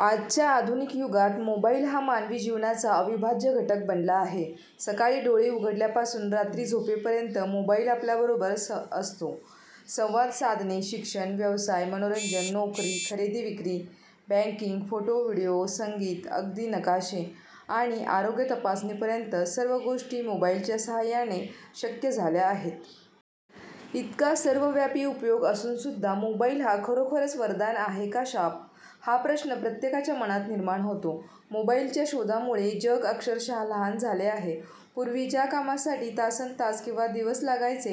आजच्या आधुनिक युगात मोबाईल हा मानवी जीवनाचा अविभाज्य घटक बनला आहे. सकाळी डोळे उघडल्यापासून रात्री झोपेपर्यंत मोबाईल आपल्याबरोबर असतो. संवाद साधणे, शिक्षण, व्यवसाय, मनोरंजन, नोकरी, खरेदी विक्री, बँकिंग, फोटो व्हिडिओ, संगीत, अगदी नकाशे आणि आरोग्य तपासणीपर्यंत सर्व गोष्टी मोबाईलच्या साहाय्याने शक्य झाल्या आहेत. इतका सर्वव्यापी उपयोग असूनसुद्धा मोबाईल हा खरोखरच वरदान आहे का शाप, हा प्रश्न प्रत्येकाच्या मनात निर्माण होतो. मोबाईलच्या शोधामुळे जग अक्षरशः लहान झाले आहे. पूर्वी ज्या कामांसाठी तासन्तास किंवा दिवस लागायचे,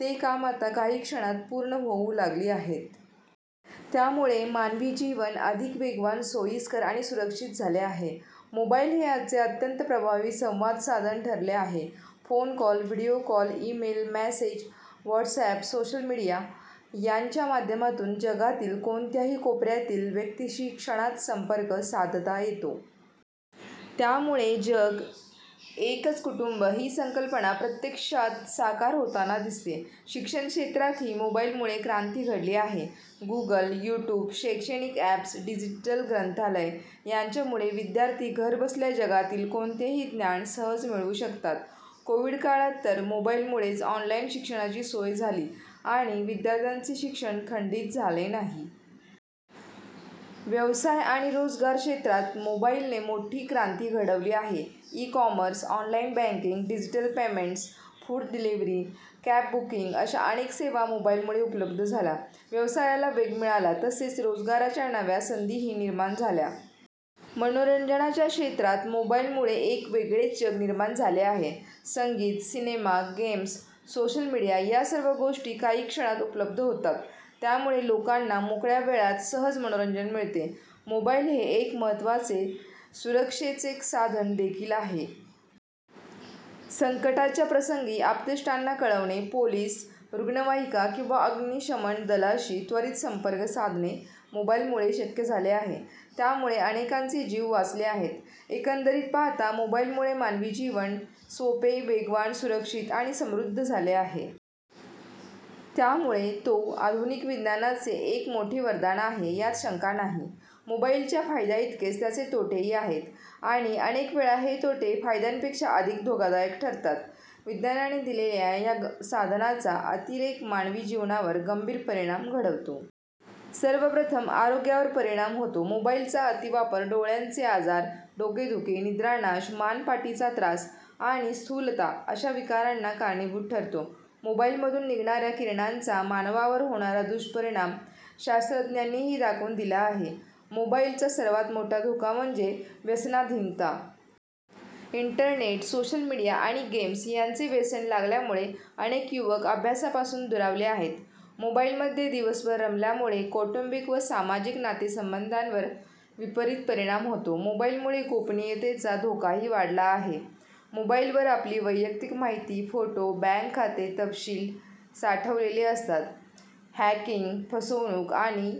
ती कामे आता काही क्षणांत पूर्ण होऊ लागली आहेत. त्यामुळे मानवी जीवन अधिक वेगवान, सोयीस्कर आणि सुरक्षित झाले आहे. मोबाईल हे आजचे अत्यंत प्रभावी संवादसाधन ठरले आहे. Phone call, video call, email, message, WhatsApp, social media यांच्या माध्यमातून जगातील कोणत्याही कोपऱ्यातील व्यक्तीशी क्षणात संपर्क साधता येतो. त्यामुळे जग एकच कुटुंब ही संकल्पना प्रत्यक्षात साकार होताना दिसते. शिक्षण क्षेत्रातही मोबाईलमुळे क्रांती घडली आहे. गूगल, यूट्यूब, शैक्षणिक अॅप्स, डिजिटल ग्रंथालय यांच्यामुळे विद्यार्थी घरबसल्या जगातील कोणतेही ज्ञान सहज मिळवू शकतात. कोविड काळात तर मोबाईलमुळेच ऑनलाईन शिक्षणाची सोय झाली आणि विद्यार्थ्यांचे शिक्षण खंडित झाले नाही. व्यवसाय आणि रोजगार क्षेत्रात मोबाईलने मोठी क्रांती घडवली आहे. E commerce, online banking, digital payments, food delivery, cab booking अशा अनेक सेवा मोबाईलमुळे उपलब्ध झाल्या. व्यवसायाला वेग मिळाला तसेच रोजगाराच्या नव्या संधीही निर्माण झाल्या. मनोरंजनाच्या क्षेत्रात मोबाईलमुळे एक वेगळेच जग निर्माण झाले आहे. संगीत, सिनेमा, गेम्स, सोशल मीडिया या सर्व गोष्टी काही क्षणांत उपलब्ध होतात. त्यामुळे लोकांना मोकळ्या वेळात सहज मनोरंजन मिळते. मोबाईल हे एक महत्त्वाचे सुरक्षेचे साधन देखील आहे. संकटाच्या प्रसंगी आप्तेष्टांना कळवणे, पोलिस, रुग्णवाहिका किंवा अग्निशमन दलाशी त्वरित संपर्क साधणे मोबाईलमुळे शक्य झाले आहे. त्यामुळे अनेकांचे जीव वाचले आहेत. एकंदरीत पाहता मोबाईलमुळे मानवी जीवन सोपे, वेगवान, सुरक्षित आणि समृद्ध झाले आहे. त्यामुळे तो आधुनिक विज्ञानाचे एक मोठे वरदान आहे, यात शंका नाही. मोबाईलच्या फायद्यांइतकेच त्याचे तोटेही आहेत आणि अनेक वेळा हे तोटे फायद्यांपेक्षा अधिक धोकादायक ठरतात. विज्ञानाने दिलेल्या या साधनाचा अतिरेक मानवी जीवनावर गंभीर परिणाम घडवतो. सर्वप्रथम आरोग्यावर परिणाम होतो. मोबाईलचा अतिवापर डोळ्यांचे आजार, डोकेदुखी, निद्रानाश, मान पाठीचा त्रास आणि स्थूलता अशा विकारांना कारणीभूत ठरतो. मोबाईलमधून निघणाऱ्या किरणांचा मानवावर होणारा दुष्परिणाम शास्त्रज्ञांनीही दाखवून दिला आहे. मोबाईलचा सर्वात मोठा धोका म्हणजे व्यसनाधीनता. इंटरनेट, सोशल मीडिया आणि गेम्स यांचे व्यसन लागल्यामुळे अनेक युवक अभ्यासापासून दुरावले आहेत. मोबाईलमध्ये दिवसभर रमल्यामुळे कौटुंबिक व सामाजिक नातेसंबंधांवर विपरीत परिणाम होतो. मोबाईलमुळे गोपनीयतेचा धोकाही वाढला आहे. मोबाईलवर आपली वैयक्तिक माहिती, फोटो, बँक खाते तपशील साठवलेले असतात. हॅकिंग, फसवणूक आणि